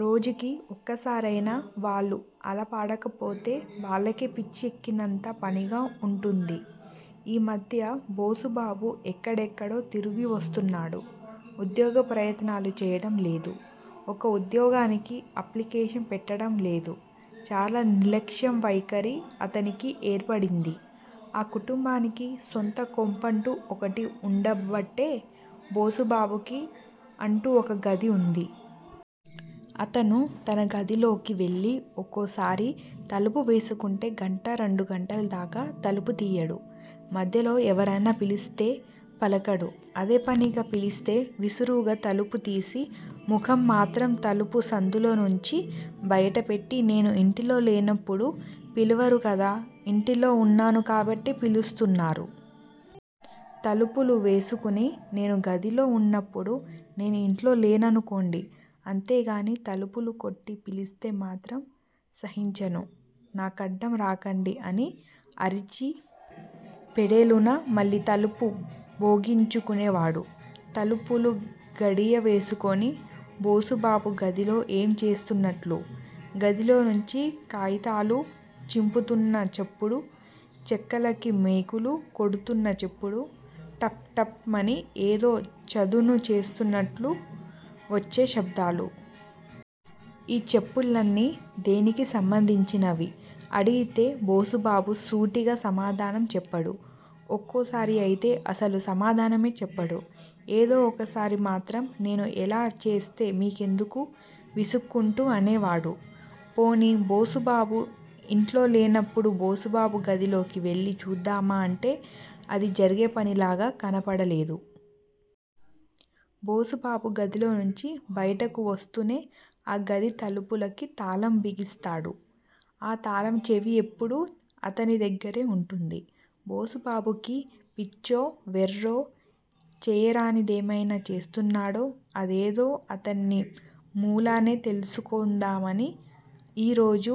రోజుకి ఒకసారయినా వాళ్ళు అలాపడకపోతే వాళ్ళకే పిచ్చి ఎక్కినంత పనిగా వుంటుంది. ఈమధ్య బోసుబాబు ఎక్కడెక్కడో తిరిగివస్తున్నాడు. ఉద్యోగ ప్రయత్నాలు చేయటం లేదు. ఒక్క ఉద్యోగానికీ అప్లికేషన్ పెట్టడంలేదు. చాలా నిర్లక్ష్య వైఖరి అతనికి ఏర్పడింది. ఆ కుటుంబానికి సొంత కొంపంటూ ఒకటి వుండబట్టే బోసుబాబుకి అంటూ ఒక గది వుంది. అతను తన గదిలోకి వెళ్ళి ఒక్కోసారి తలుపు వేసుకుంటే గంటా రెండు గంటలదాకా తలుపు తియ్యడు. మధ్యలో ఎవరన్నా పిలిస్తే పలకడు. అదేపనిగా పిలిస్తే విసురుగా తలుపు తీసి ముఖం మాత్రం తలుపు సందులోనుంచి బయటపెట్టి నేను ఇంటిలో లేనపుడు పిలవరుకదా! ఇంటిలో వున్నాను కాబట్టే పిలుస్తున్నారు. తలుపులు వేసుకుని నేను గదిలో వున్నప్పుడు నేను ఇంట్లో లేననుకోండి. అంతేకానీ తలుపులు కొట్టి పిలిస్తేమాత్రం సహించను. నాకడ్డం రాకండి అని అరిచి ఫెడేలున మళ్ళీ తలుపు బిగించుకునేవాడు. తలుపులు గడియవేసుకుని బోసుబాబు గదిలో ఏం చేస్తున్నట్లు? గదిలోంచి కాయితాలు చింపుతున్న చప్పుడు, చెక్కలకి మేకులు కొడుతున్న చప్పుడు, తప్, తప్, మని ఏదో చదును చేస్తున్నట్లు వచ్చే శబ్దాలు! ఈ చప్పుళ్ళన్నీ దేనికి సంబందించినవి? అడిగితే బోసుబాబు సూటిగా సమాధానం చెప్పడు. ఒక్కోసారి అయితే అసలు సమాధానమే చెప్పడు. ఏదో ఒకసారి మాత్రం నేను ఎలా ఛస్తే మీకెందుకు? విసుక్కుంటూ అనేవాడు. పోనీ, బోసుబాబు ఇంట్లోలేనప్పుడు బోసుబాబు గదిలోకి వెళ్ళి చూద్దామా అంటే, అది జరిగేపనిలాగా కనపడలేదు. బోసుబాబు గదిలోంచి బయటకు వస్తూనే ఆ గది తలుపులకి తాళం బిగిస్తాడు. ఆ తాళం చెవి ఎప్పుడూ అతని దగ్గరే వుంటుంది. బోసుబాబుకి పిచ్చో, వెర్రో, చేయరానిదేమైనా చేస్తున్నాడో అదేదో అతని మూలానే తెలుసుకుందామని ఈరోజు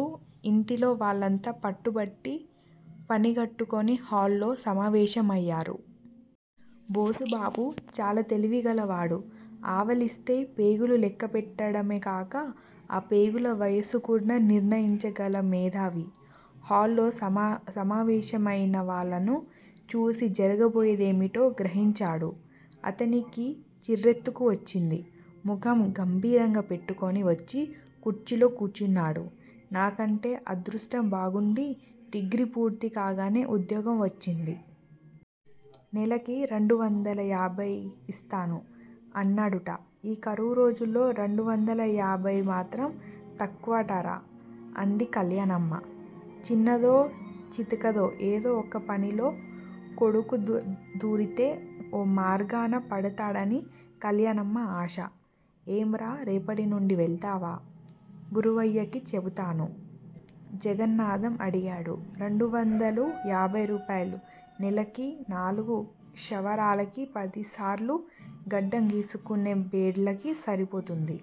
యింటిలో వాళ్ళంతా పట్టుబట్టి పనిగట్టుకుని హాల్ లో సమావేశమయ్యారు. బోసుబాబు చాలా తెలివిగలవాడు. ఆవలిస్తే ప్రేగులు లెక్కపెట్టడమేకాక, ఆ ప్రేగుల వయస్సు కూడా నిర్ణయించగల మేథావి. హాల్లో సమావేశమయిన వాళ్ళను చూసి జరగబోయేదేమిటో గ్రహించాడు. అతనికి చిర్రెత్తుకు వచ్చింది. ముఖం గంభీరంగా పెట్టుకుని వచ్చి కుర్చీలో కూర్చున్నాడు. నాకంటే అదృష్టం బాగుండి, డిగ్రీ పూర్తి కాగానే ఉద్యోగం వచ్చింది. నెలకి రెండువందల యాభయి ఇస్తాను. అన్నాడుట. ఈ కరువురోజుల్లో రెండువందల యాభయి మాత్రం తక్కువటరా! అంది కల్యాణమ్మ. చిన్నదో, చితకదో ఏదో ఒక పనిలో కొడుకుదూరితే ఓ మార్గాన పడతాడని కల్యాణమ్మ ఆశ. ఏంరా! రేపటినుండి వెళతావా? గురవయ్యకి చెబుతాను! జగన్నాథం అడిగాడు. రెండువందలయాభయి! నెలకి నాలుగు క్షవరాలకి పదిసార్లు గడ్డం గీసుకునే బ్లేడ్లకి సరిపోతుంది.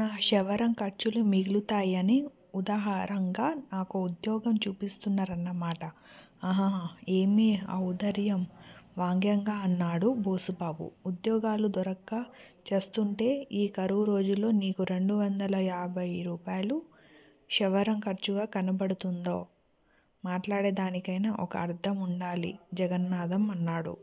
నా క్షవరం ఖర్చులు మిగులుతాయని ఉదారంగా నాకో ఉద్యోగం చూపిస్తున్నారన్న మాట ఆహాహా! ఏమి ఔదార్యం! వ్యంగ్యంగా అన్నాడు బోసుబాబు. ఉద్యోగాలు దొరక్క ఛస్తుంటే ఈ కరువు రోజుల్లో నీకు రెండువందల యాభయి రూపాయలు క్షవరం ఖర్చుగా కనపడుతోందా? మాట్లాడే దానికైనా ఒక అర్ధం వుండాలి జగన్నాథం అన్నాడు.